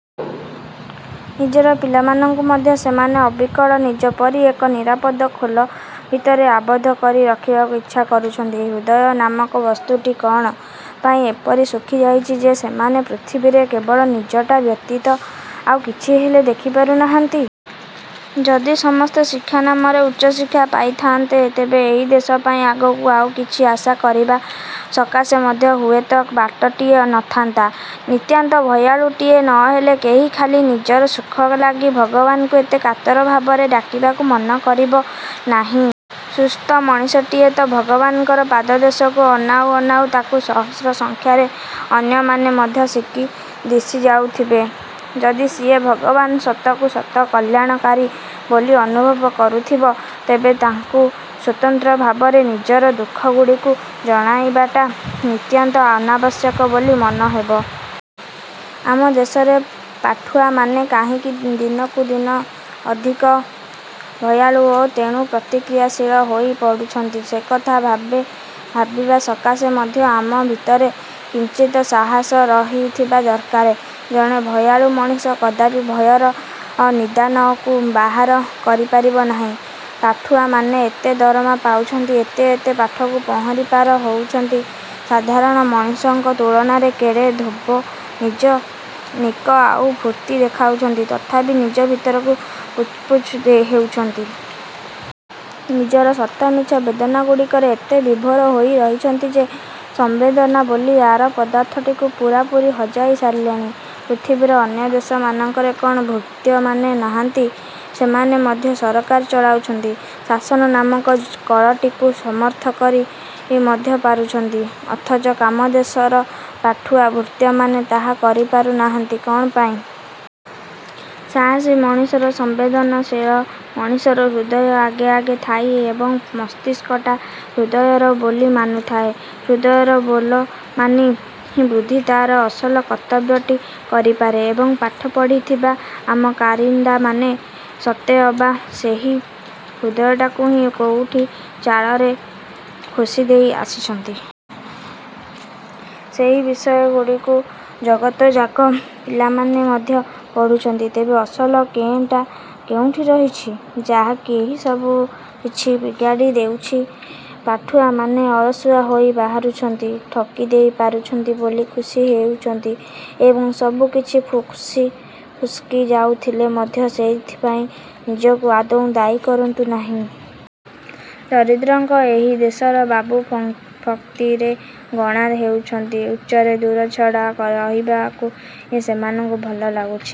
ନିଜର ପିଲାମାନଙ୍କୁ ମଧ୍ୟ ସେମାନେ ଅବିକଳ ନିଜ ପରି ଏକ ନିରାପଦ ଖୋଲ ଭିତରେ ଆବଦ୍ଧ କରି ରଖିବାକୁ ଇଚ୍ଛା କରୁଛନ୍ତି। ହୃଦୟ ନାମକ ବସ୍ତୁଟି କଣ ପାଇଁ ଏପରି ଶୁଖିଯାଉଛି ଯେ, ସେମାନେ ପୃଥିବୀରେ କେବଳ ନିଜଟା ବ୍ୟତୀତ ଆଉ କିଛି ହେଲେ ଦେଖିପାରୁ ନାହାନ୍ତି। ଯଦି ସମସ୍ତେ ଶିକ୍ଷାନାମରେ ଉଚ୍ଚ ଶିକ୍ଷା ପାଉଥାନ୍ତେ, ତେବେ ଏହି ଦେଶ ପାଇଁ ଆଗକୁ ଆଉ କିଛି ଆଶା କରିବା ସକାଶେ ମଧ୍ୟ ହୁଏତ ବାଟଟିଏ ନଥାନ୍ତା। ନିତାନ୍ତ ଭୟାଳୁଟିଏ ନହେଲେ କେହି ଖାଲି ନିଜର ସୁଖ ଲାଗି ଭଗବାନଙ୍କୁ ଏତେ କାତର ଭାବରେ ଡାକିବାକୁ ମନ କରିବ ନାହିଁ। ସୁସ୍ଥ ମଣିଷଟିଏ ତ ଭଗବାନଙ୍କର ପାଦଦେଶକୁ ଅନାଉ ଅନାଉ ତାକୁ ସହସ୍ର ସଂଖ୍ୟାରେ ଅନ୍ୟମାନେ ମଧ୍ୟ ଦିଶି ଯାଉଥବେ। ଯଦି ସିଏ ଭଗବାନ ସତକୁ ସତ କଲ୍ୟାଣକାରୀ ବୋଲି ଅନୁଭବ କରୁଥିବ, ତେବେ ତାଙ୍କୁ ସ୍ୱତନ୍ତ୍ର ଭାବରେ ନିଜର ଦୁଃଖଗୁଡ଼ାକୁ ଜଣାଇବାଟା ନିତାନ୍ତ ଅନାବଶ୍ୟକ ବୋଲି ମନେହେବ । ଆମ ଦେଶରେ ପାଠୁଆମାନେ କାହିଁକି ଦିନକୁ ଦିନ ଅଧିକ ଭୟାଳୁ ଓ ତେଣୁ ପ୍ରତିକ୍ରିୟାଶୀଳ ହୋଇ ପଡ଼ୁଛନ୍ତି, ସେକଥା ଭାବିବା ସକାଶେ ମଧ୍ୟ ଆମ ଭିତରେ କିଞ୍ଚିତ୍ ସାହସ ରହିଥିବା ଦରକାର। ଜଣେ ଭୟାଳୁ ମଣିଷ କଦାପି ଭୟର ନିଦାନକୁ ବାହାର କରିପାରିବ ନାହିଁ। ପାଠୁଆମାନେ ଏତେ ଦରମା ପାଉଛନ୍ତି, ଏତେ ଏତେ ପାଠକୁ ପହଁରି ପାର ହୋଇଛନ୍ତି, ସାଧାରଣ ମଣିଷଙ୍କ ତୁଳନାରେ କେଡ଼େ ଧୋବ, ନିକ ଆଉ ଫୁର୍ତ୍ତି ଦେଖାଯାଉଛନ୍ତି, ତଥାପି ନିଜ ଭିତରେ ପୁଚୁପୁଚୁ ହେଉଛନ୍ତି। ନିଜର ସତ ମିଛ ବେଦନାଗୁଡ଼ିକରେ ଏତେ ବିଭୋର ହୋଇ ରହିଛନ୍ତି ଯେ ସମ୍ବେଦନା ବୋଲି ଆର ପଦାର୍ଥଟିକୁ ପୂରାପୂରି ହଜାଇ ସାରିଲେଣି। ପୃଥିବୀର ଅନ୍ୟ ଦେଶମାନଙ୍କରେ କଣ ଭୃତ୍ୟମାନେ ନାହାନ୍ତି? ସେମାନେ ମଧ୍ୟ ସରକାର ଚଳାଉଛନ୍ତି, ଶାସନ ନାମକ କଳଟିକୁ ସମର୍ଥ କରି ରଖିପାରୁଛନ୍ତି। ଅଥଚ ଆମ ଦେଶର ପାଠୁଆ ଭୃତ୍ୟମାନେ ତାହା କରିପାରୁ ନାହାନ୍ତି କଣ ପାଇଁ? ସାହସୀ ମଣିଷର, ସମ୍ବେଦନଶୀଳ ମଣିଷର ହୃଦୟ ଆଗେ ଆଗେ ଥାଏ ଏବଂ ମସ୍ତିଷ୍କଟା ହୃଦୟର ବୋଲ ମାନୁଥାଏ। ହୃଦୟର ବୋଲ ମାନି ହିଁ ବୁଦ୍ଧି ତାର ଅସଲ କର୍ତ୍ତବ୍ୟଟି କରିପାରେ। ଏବଂ ପାଠ ପଢ଼ିଥିବା ଆମ କାରିନ୍ଦାମାନେ ସତେଅବା ସେହି ହୃଦୟଟାକୁ ହିଁ କୋଉଠି ଚାଳରେ ଖୋଷିଦେଇ ଆସିଛନ୍ତି। ସେହି ବିଷୟଗୁଡ଼ିକୁ ଜଗତଯାକ ପିଲାମାନେ ମଧ୍ୟ ପଢୁଛନ୍ତି। ତେବେ ଅସଲ କେଁ ଟା କେଉଁଠି ରହିଛି, ଯାହାକି ଏଠି ସବୁକିଛିକୁ ବିଗାଡ଼ି ଦେଉଛି? ପାଠୁଆମାନେ ଅଳସୁଆ ହୋଇ ବାହାରୁଛନ୍ତି, ଠକିଦେଇ ପାରୁଛନ୍ତି ବୋଲି ଖୁସି ହେଉଛନ୍ତି ଏବଂ ସବୁକିଛି ଫୁସକି ଯାଉଥିଲେ ମଧ୍ୟ ସେଥିପାଇଁ ନିଜକୁ ଆଦୌ ଦାୟୀ କରୁନାହାନ୍ତି। ଦରିଦ୍ରଙ୍କର ଏହି ଦେଶରେ ବାବୁ ପଂକ୍ତିରେ ଗଣା ହେଉଛନ୍ତି, ଉଚ୍ଚରେ ଦୂରଛଡ଼ା ରହିବାକୁ ହିଁ ସେମାନଙ୍କୁ ଭଲ ଲାଗୁଛି।